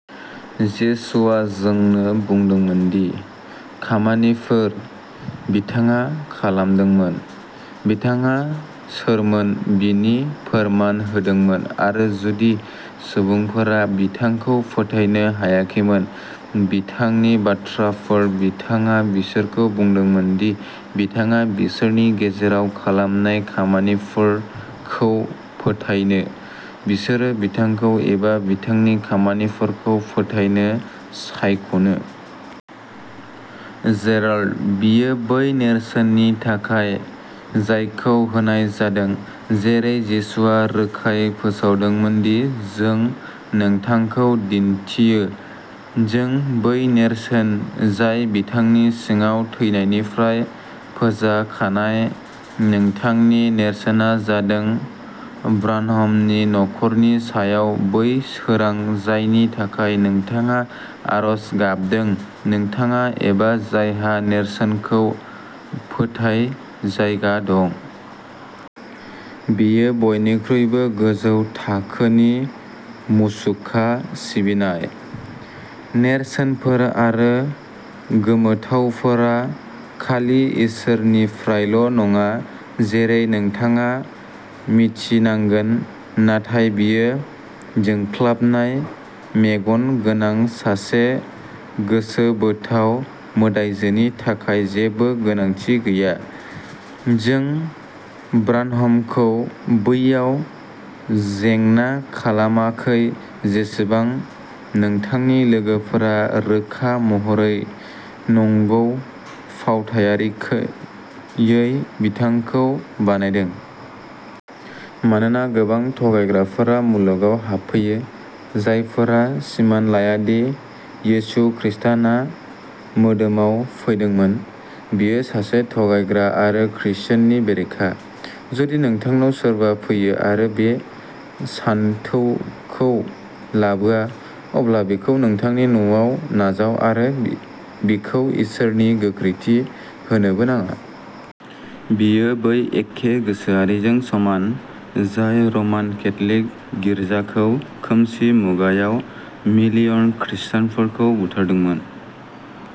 जिसुआ जोंनो बुंदोंमोन दि "खामानिफोर" बिथाङा खालामदोंमोन। बिथाङा सोरमोन बिनि फोरमान होदोंमोन आरो जुदि सुबुंफोरा बिथांखौ फोथायनो हायाखैमोन-बिथांनि बाथ्राफोर, बिथाङा बिसोरखौ बुंदोंमोन दि बिथाङा बिसोरनि गेजेराव खालामनाय "खामानिफोर" खौ फोथायनो। बिसोरो बिथांखौ एबा बिथांनि खामानिफोरखौ फोथायनो सायख'नो। जेराल्ड, बेयो बै नेरसोननि थाखाय, जायखौ होनाय जादों, जेरै जिसुआ रोखायै फोसावदोंमोन, दि जों नोंथांखौ दिन्थियो। जों बै नेरसोन, जाय बिथांनि सिङाव थैनायनिफ्राय फोजाखानाय। नोंथांनि नेरसोनआ जादों ब्रानहामनि खर'नि सायाव बै सोरां, जायनि थाखाय नोंथाङा आरज गाबदों, नोंथाङा एबा जायहा "नेरसोनखौ फोथाय" जायगा दं। बेयो बयनिख्रुइबो गोजौ थाखोनि मुसुखा सिबिनाय। नेरसोनफोर आरो गोमोथावफोरा खालि इसोरनिफ्रायल'नङा, जेरै नोंथाङा मिन्थिनांगोन, नाथाय बेयो जोंख्लाबनाय मेगन गोनां सासे गोसोबोथाव मोदायजोनि थाखाय जेबो गोनांथि गैया। जों ब्रानहामखौ बेयाव जेंना खालामाखै, जेसेबां नोंथांनि लोगोफोरा रोखा महरै, नंगौ, फावथायारियै बिथांखौ बानायदों। "मानोना गोबां थगायग्राफोरा मुलुगाव हाबफैयो, जायफोरा सिमान लाया दि यीशु खृष्टआ मोदोमाव फैदोंमोन। बियो सासे थगायग्रा आरो ख्रीष्टनि बेरेखा। जुदि नोंथांनाव सोरबा फैयो, आरो बे सानथौखौ लाबोआ, अब्ला बिखौ नोंथांनि न'आव नाजाव, आरो बिखौ इसोरनि गोख्रैथि होनोबो नाङा"। बेयो बै एखे गोसोआरिजों समान जाय रमान केथ'लिक गिर्जाखौ खोमसि मुगायाव मिलियन खृष्टानफोरखौ बुथारदोंमोन।